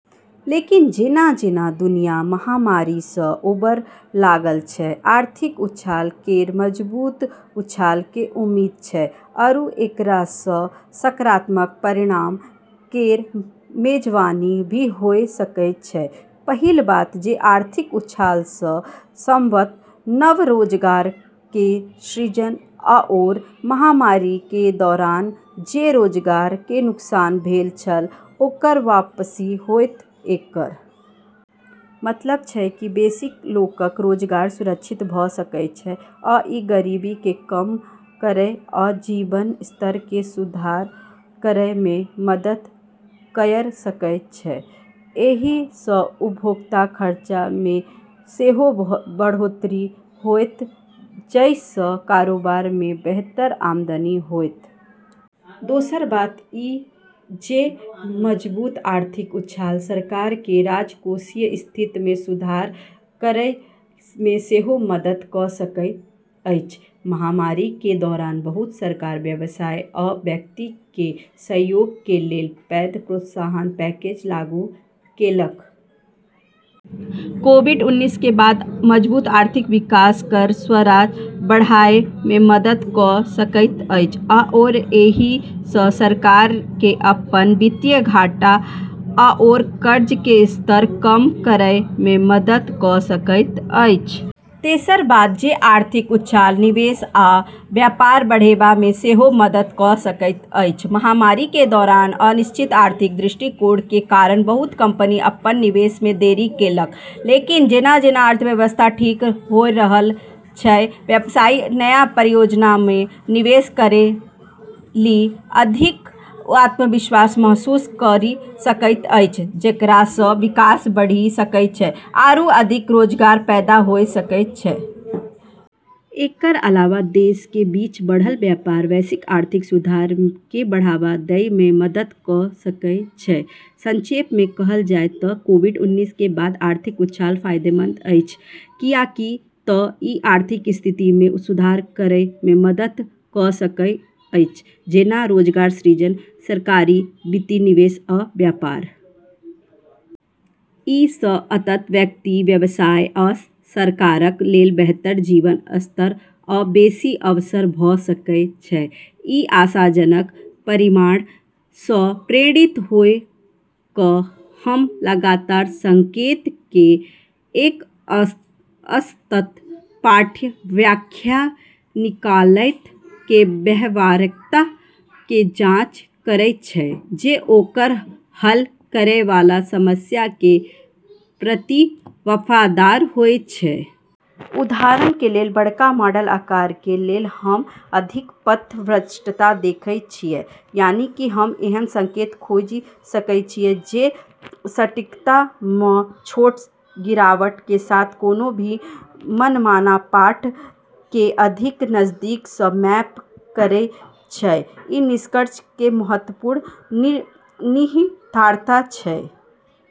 लेकिन जेना-जेना दुनिया महामारी सऽ उबरऽ लगलऽ छै, आर्थिक उछाल केरऽ मजबूत उछाल के उम्मीद छै आरू एकरा सऽ सकारात्मक परिणाम केरऽ मेजबानी भी होय सकै छै। पहिल बात जे आर्थिक उछाल सऽ संभवतः नव रोजगार के सृजन आओर महामारी के दौरान जे रोजगार के नुकसान भेल छल ओकर वापसी होएत ।एकर मतलब छै की बेसि लोगक रोजगार सुरक्षित भ सकय छै आ इ गरीबी के कम करय आ जीवन स्तर मे सुधार करय मे मदद कयर सकय छै। एहि स उपभोक्ता खर्च मे सेहो बढ़ोतरी होएत जाहि सऽ कारोबार के बेहतर आमदनी होएत। दोसर बात ई जे मजबूत आर्थिक उछाल सरकार के राजकोषीय स्थिति मे सुधार करय मे सेहो मदद क सकैत अछि। महामारी के दौरान बहुत सरकार व्यवसाय आ व्यक्ति के सहयोग के लेल पैघ प्रोत्साहन पैकेज लागू केलक। कोविड-उनैस के बाद मजबूत आर्थिक विकास कर राजस्व बढ़ाबय मे मदद क सकैत अछि आओर एहि सं सरकार के अपन वित्तीय घाटा आओर कर्ज के स्तर कम करय मे मदद क सकैत अछि। तेसर बात जे आर्थिक उछाल निवेश आ व्यापार बढ़ेबा मे सेहो मदद कऽ सकैत अछि। महामारी के दौरान अनिश्चित आर्थिक दृष्टिकोण के कारण बहुत कंपनी अपन निवेश में देरी केलक। लेकिन जेना-जेना अर्थव्यवस्था ठीक होय रहलऽ छै, व्यवसायी नया परियोजना म॑ निवेश करै लेली अधिक आत्मविश्वास महसूस करी सकै छै, जेकरा सऽ विकास बढ़ी सकै छै आरू अधिक रोजगार पैदा होय सकै छै। एकरऽ अलावा देशऽ के बीच बढ़लऽ व्यापार वैश्विक आर्थिक सुधार के बढ़ावा दै मे मदद करी सकै छै। संक्षेप मे कहल जाय त कोविड-उनैस के बाद आर्थिक उछाल फायदेमंद अछि कियाक त ई आर्थिक स्थिति में सुधार करय मे मदद क सकैत अछि जेना रोजगार सृजन सरकारी वित्त निवेश आ व्यापार। अइ सं अंततः व्यक्ति, व्यवसाय आ सरकारक लेल बेहतर जीवन स्तर आ बेसि अवसर भ सकय छै। ई आशाजनक परिणामऽ सऽ प्रेरित होय कऽ हम्म लगातार संकेतऽ के एक असतत पाठ्य व्याख्या निकालै के व्यवहार्यता के जांच करै छियै जे ओकरऽ हल करै वाला समस्या के प्रति वफादार होय छै। उदाहरण के लेलऽ, बड़ऽ मॉडल आकार के लेलऽ हम्म अधिक पथभ्रष्टता देखै छियै, यानी कि हम्म ऐन्हऽ संकेत खोजि सकै छियै जे सटीकता मऽ छोटऽ गिरावट के साथ कोनो भी मनमाना पाठ के अधिक नजदीक सऽ मैप करै छै। ई निष्कर्षऽ के महत्वपूर्ण निहितार्थ छै।